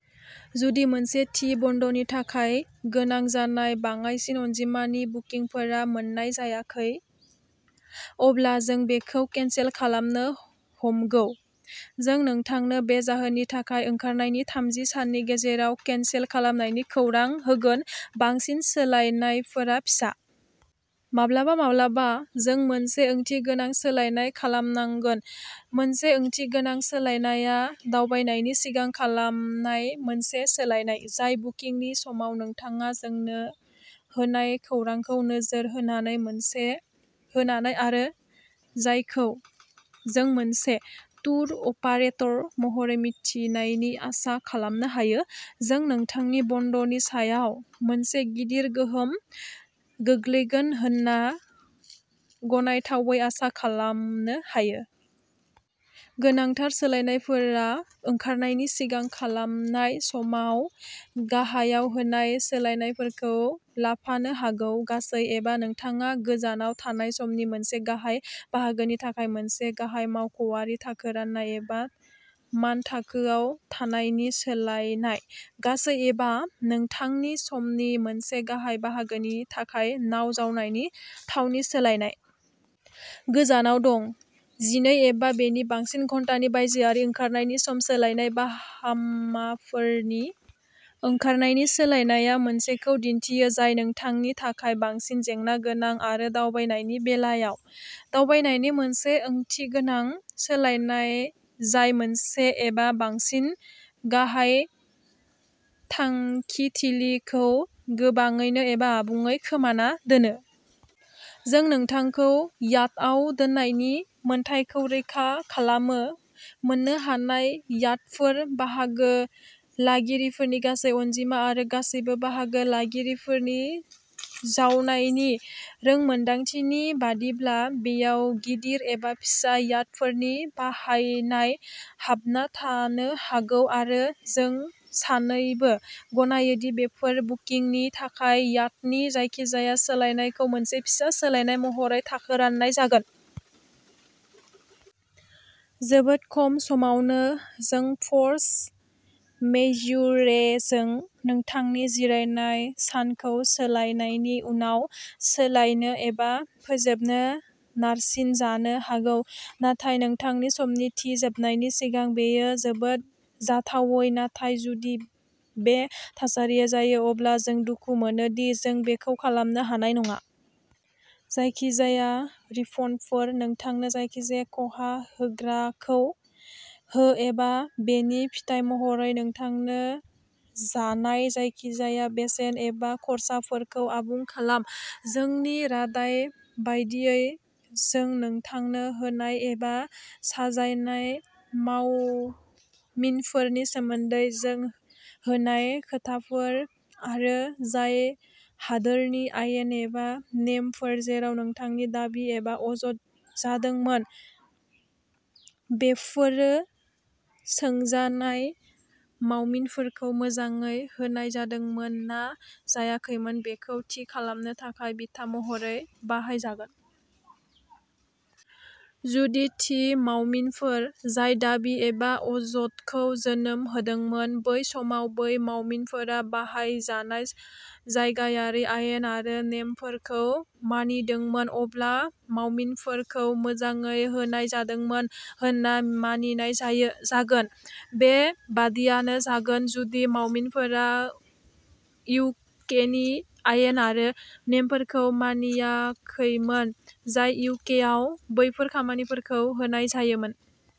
जुदि मोनसे थि बन्दनि थाखाय गोनां जानाय बाङाइसिन अनजिमानि बुकिंफोरा मोन्नाय जायाखै, अब्ला जों बेखौ केनसेल खालामनो ह'मगौ। जों नोंथांनो बे जाहोननि थाखाय ओंखारनायनि थामजि साननि गेजेराव केनसेल खालामनायनि खौरां होगोन। बांसिन सोलायनायफोरा फिसा। माब्लाबा-माब्लाबा, जों मोनसे ओंथिगोनां सोलायनाय खालामनांगोन। मोनसे ओंथिगोनां सोलायनायआ दावबायनायनि सिगां खालामनाय मोनसे सोलायनाय, जाय बुकिंनि समाव नोंथाङा जोंनो होनाय खौरांखौ नोजोर होनानै मोनसे होननानै आरो जायखौ जों मोनसे टुर अपारेटर महरै मिथिनायनि आसा खालामनो हायो, जों नोंथांनि बन्दनि सायाव मोनसे गिदिर गोहोम गोग्लैगोन होनना गनायथावै आसा खालामनो हायो। गोनांथार सोलायनायफोरा ओंखारनायनि सिगां खालामनाय समाव गाहायाव होनाय सोलायनायफोरखौ लाफानो हागौ; गासै एबा नोंथाङा गोजानाव थानाय समनि मोनसे गाहाय बाहागोनि थाखाय मोनसे गाहाय मावख'आरि थाखो राननाय एबा मानथाखोआव थानायनि सोलायनाय, गासै एबा नोंथांनि समनि मोनसे गाहाय बाहागोनि थाखाय नाव जावनायनि थावनि सोलायनाय। गोजानाव दं, जिनै एबा बेनि बांसिन घन्टानि बायजोआरि ओंखारनायनि सम सोलायनाय, बाहामाफोरनि ओंखारनायनि सोलायनाया मोनसेखौ दिन्थियो जाय नोंथांनि थाखाय बांसिन जेंना गोनां आरो दावबायनायनि बेलायाव, दावबायनायनि मोनसे ओंथिगोनां सोलायनाय जाय मोनसे एबा बांसिन गाहाय थांखिथिलिखौ गोबाङैनो एबा आबुङै खोमाना दोनो। जों नोंथांखौ याटआव दोननायनि मोन्थाइखौ रैखा खालामो, मोन्नो हानाय याटफोर, बाहागो लागिरिफोरनि गासै अनजिमा आरो गासैबो बाहागो लागिरिफोरनि जावनायनि रोंमोनदांथिनि बायदिब्ला, बेयाव गिदिर एबा फिसा याटफोरनि बाहायनाय हाबना थानो हागौ आरो जों सानैबो गनायो दि बेफोर बुकिंनि थाखाय याटनि जायखिजाया सोलायनायखौ मोनसे फिसा सोलायनाय महरै थाखो राननाय जागोन। जोबोद खम समावनो, जों फर्स मेज्युरे जों नोंथांनि जिरायनाय सानखौ सोलायनायनि उनाव सोलायनो एबा फोजोबनो नारसिनजानो हागौ, नाथाय नोंथांनि समनि थि जोबनायनि सिगां। बेयो जोबोद जाथावै नाथाय जुदि बे थासारिया जायो, अब्ला जों दुखु मोनो दि जों बेखौ खालामनो हानाय नङा। जायखिजाया रिफन्डफोर, नोंथांनो जायखिजाया खहा होग्राखौ हो एबा बेनि फिथाय महरै नोंथांनो जानाय जायखिजाया बेसेन एबा खर्साफोरखौ आबुं खालाम। जोंनि रादाय बायदियै जों नोंथांनो होनाय एबा साजायनाय मावमिनफोरनि सोमोन्दै जों होनाय खोथाफोर आरो जाय हादोरनि आयेन आरो नेमफोर जेराव नोंथांनि दाबि एबा अजद जादोंमोन बेफोरो सोंजानाय मावमिनफोरखौ मोजाङै होनाय जादोंमोन ना जायाखैमोन बेखौ थि खालामनो थाखाय बिथा महरै बाहाय जागोन। जुदि थि मावमिनफोर जाय दाबि एबा अजदखौ जोनोम होदोंमोन, बै समाव बै मावमिनफोराव बाहायजानाय जायगायारि आयेन आरो नेमफोरखौ मानिदोंमोन, अब्ला मावमिनफोरखौ मोजाङै होनाय जादोंमोन होनना मानिनाय जागोन। बे बादियानो जागोन जुदि मावमिनफोरा इउकेनि आयेन आरो नेमफोरखौ मानियाखैमोन जाय इउकेआव बैफोर मावमिनफोरखौ होनाय जायोमोन।